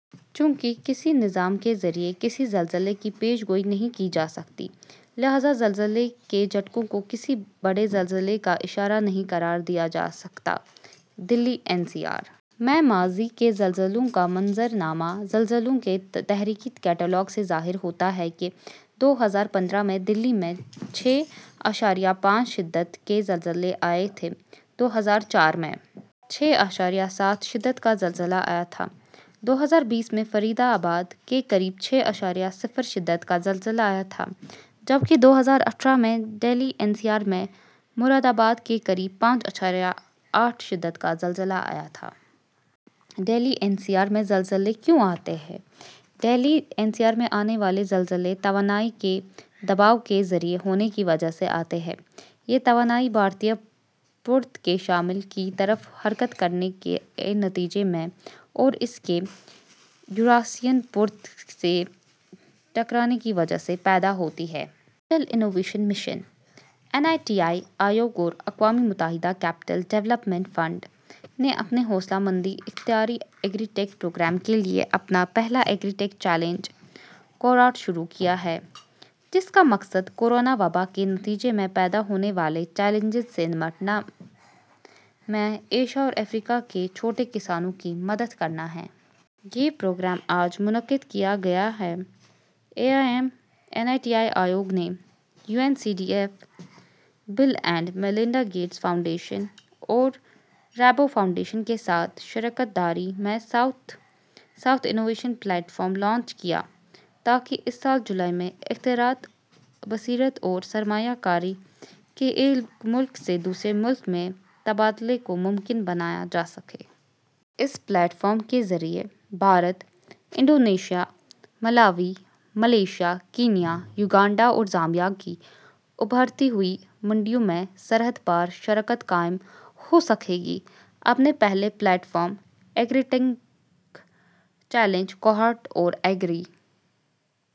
چونکہ کسی نظام کے ذریعے کسی زلزلے کی پیش گوئی نہیں کی جا سکتی، لہٰذا زلزلے کے جھٹکوں کو کسی بڑے زلزلے کا اشارہ نہیں قرار دیا جا سکتا۔ دہلی این سی آر میں ماضی کے زلزلوں کا منظرنامہ زلزلوں کے تاریخی کیٹلاگ سے ظاہر ہوتا ہے کہ دو ہزار پندرہ میں دہلی میں چھ اعشاریہ پانچ شدت کا زلزلہ آیا تھا، دو ہزار چار میں چھ اعشاریہ سات شدت کا زلزلہ آیا تھا، دو ہزار بیس میں فرید آباد کے قریب چھ اعشاریہ صفر شدت کا زلزلہ آیا تھا، جبکہ دو ہزار اٹھارہ میں دہلی این سی آر میں مرادآباد کے قریب پانچ اعشاریہ آٹھ شدت کا زلزلہ آیا۔ دہلی این سی آر میں زلزلے کیوں آتے ہیں؟ دہلی این سی آر میں آنے والے زلزلے توانائی کے دباؤ کے جاری ہونے کی وجہ سے آتے ہیں۔ یہ توانائی بھارتی پرت کی شمال کی طرف حرکت کرنے کے نتیجے میں اور اس کے یوریشیائی پرت سے ٹکرانے کی وجہ سے پیدا ہوتی ہے۔ اٹل انوویشن مشن، نیتی آیوگ اور اقوام متحدہ کیپٹل ڈیولپمنٹ فنڈ نے اپنے حوصلہ مندانہ اختراعی ایگری ٹیک پروگرام کے لیے اپنا پہلا ایگری ٹیک چیلنج کوہورٹ شروع کیا ہے، جس کا مقصد کورونا وبا کے نتیجے میں پیدا ہونے والے چیلنجوں سے نمٹنے میں ایشیا اور افریقہ کے چھوٹے کسانوں کی مدد کرنا ہے۔ یہ پروگرام آج منعقد کیا گیا۔ اے آئی ایم، نیتی آیوگ نے U N C D F, Bill and Melinda Gates Foundation اور رابو فاؤنڈیشن کے ساتھ شراکت داری میں South South Innovation Platform launch کیا تاکہ اس سال جولائی میں اختراعات، بصیرت اور سرمایہ کاری کے ایک ملک سے دوسرے ملک میں تبادلے کو ممکن بنایا جا سکے۔ اس پلیٹ فارم کے ذریعے Bharat, Indonesia, Malawi, Malaysia, Kenya, Uganda اور زامبیا کی ابھرتی ہوئی منڈیوں میں سرحد پار شراکت قائم ہو سکے گی۔ اپنے پہلے platform, agritech challenge cohort اور ایگری...